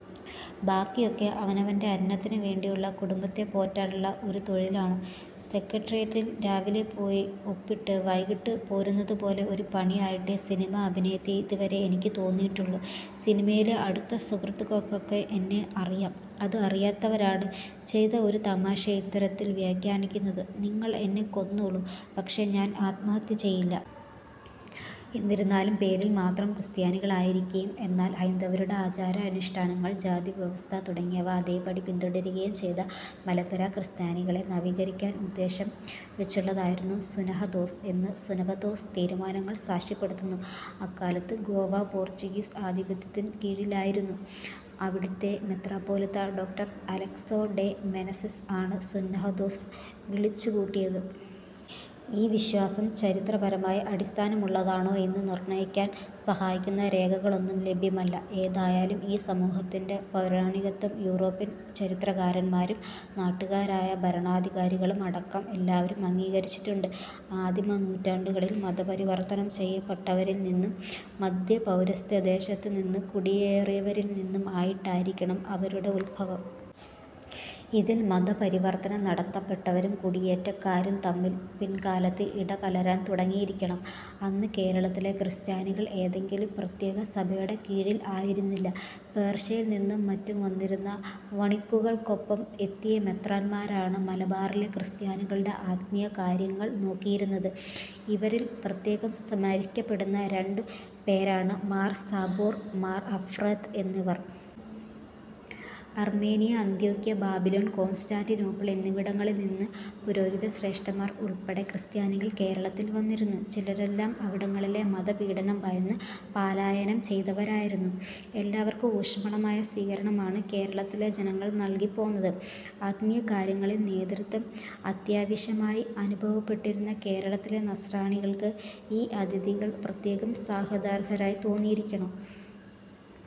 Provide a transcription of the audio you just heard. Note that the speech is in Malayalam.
ബാക്കിയൊക്കെ അവനവൻറെ അന്നത്തിന് വേണ്ടിയുള്ള, കുടുംബത്തെ പോറ്റാനുള്ള ഒരു തൊഴിലാണ്. സെക്രട്ടേറിയറ്റിൽ രാവിലെ പോയി ഒപ്പിട്ട്, വൈകിട്ട് പോരുന്നതുപോലെ ഒരു പണിയായിട്ടേ സിനിമാഭിനയത്തെ ഇതുവരെ എനിക്ക് തോന്നിയിട്ടുള്ളൂ. സിനിമയിലെ അടുത്ത സുഹൃത്തുക്കൾക്കൊക്കെ എന്നെ അറിയാം. അത് അറിയാത്തവരാണ് ചെയ്ത ഒരു തമാശയെ ഇത്തരത്തിൽ വ്യാഖ്യാനിക്കുന്നത്. നിങ്ങൾ എന്നെ കൊന്നോളൂ, പക്ഷേ ഞാൻ ആത്മഹത്യ ചെയ്യില്ല. എന്നിരുന്നാലും പേരിൽമാത്രം ക്രിസ്ത്യാനികളായിരിക്കുകയും എന്നാൽ ഹൈന്ദവരുടെ ആചാരാനുഷ്ഠാനങ്ങൾ, ജാതിവ്യവസ്ഥ തുടങ്ങിയവ അതേപടി തുടരുകയും ചെയ്ത മലങ്കര ക്രിസ്ത്യാനികളെ നവീകരിക്കാൻ ഉദ്ദേശം വച്ചുള്ളതായിരുന്നു സൂനഹദോസ് എന്ന് സൂനഹദോസ് തീരുമാനങ്ങൾ സാക്ഷ്യപ്പെടുത്തുന്നു. അക്കാലത്ത് ഗോവ പോർച്ചുഗീസ് ആധിപത്യത്തിൻ കീഴിലായിരുന്നു. അവിടത്തെ മെത്രാപ്പോലീത്ത, ഡോ. അലെക്സൊ ഡെ മെനസിസ് ആണ് സുന്നഹദോസ് വിളിച്ചുകൂട്ടിയത്. ഈ വിശ്വാസം ചരിത്രപരമായി അടിസ്ഥാനമുള്ളതാണോ എന്നു നിർണ്ണയിക്കാൻ സഹായിക്കുന്ന രേഖകളൊന്നും ലഭ്യമല്ല. ഏതായാലും ഈ സമൂഹത്തിന്റെ പൗരാണികത്ത്വം യൂറോപ്യൻ ചരിത്രകാരന്മാരും നാട്ടുകാരായ ഭരണാധികാരികളും അടക്കം എല്ലാവരും അംഗീകരിച്ചിട്ടുണ്ട്. ആദിമ നൂറ്റാണ്ടുകളിൽ മതപരിവർത്തനം ചെയ്യപ്പെട്ടരിൽ നിന്നും മദ്ധ്യ പൗരസ്ത്യ ദേശത്ത് നിന്ന് കുടിയേറിയവരിൽ നിന്നും ആയിട്ടായിരിക്കണം അവരുടെ ഉത്ഭവം. ഇതിൽ മതപരിവർത്തനം നടത്തപ്പെട്ടവരും കുടിയേറ്റക്കാരും തമ്മിൽ പിൽക്കാലത്ത് ഇടകലരാൻ തുടങ്ങിയിരിക്കണം. അന്ന് കേരളത്തിലെ ക്രിസ്ത്യാനികൾ ഏതെങ്കിലും പ്രത്യേക സഭയുടെ കീഴിൽ ആയിരുന്നില്ല. പേർഷ്യയിൽ നിന്നും മറ്റും വന്നിരുന്ന വണിക്കുകൾക്കൊപ്പം എത്തിയ മെത്രാന്മാരാണ് മലബാറിലെ ക്രിസ്ത്യാനികളുടെ ആത്മീയ കാര്യങ്ങൾ നോക്കിയിരുന്നത്. ഇവരിൽ പ്രത്യേകം സ്മരിക്കപ്പെടുന്ന രണ്ടു പേരാണ് മാർ സാബോർ, മാർ ആഫ്രൊത്ത് എന്നിവർ. അർമേനിയ, അന്ത്യോക്ക്യ, ബാബിലോൺ, കോൺസ്റ്റാന്റിനോപ്പിൾ എന്നിവിടങ്ങളിൽ നിന്ന് പുരോഹിതശ്രേഷ്ഠന്മാർ ഉൾപ്പെടെ ക്രിസ്ത്യാനികൾ കേരളത്തിൽ വന്നിരുന്നു. ചിലരെല്ലം അവിടങ്ങളിലെ മത പീഡനം ഭയന്ന് പാലായനം ചെയ്തവരായിരുന്നു. എല്ലാവർക്കും ഊഷ്മളമായ സ്വീകരണമാണ് കേരളത്തിലെ ജനങ്ങൾ നൽകി പോന്നത്. ആത്മീയ കാര്യങ്ങളിൽ നേതൃത്വം അത്യാവശ്യമായി അനുഭവപ്പെട്ടിരുന്ന കേരളത്തിലെ നസ്രാണികൾക്ക് ഈ അതിഥികൾ പ്രത്യേകം സ്വാഗതാർഹരായി തോന്നിയിരിക്കണം.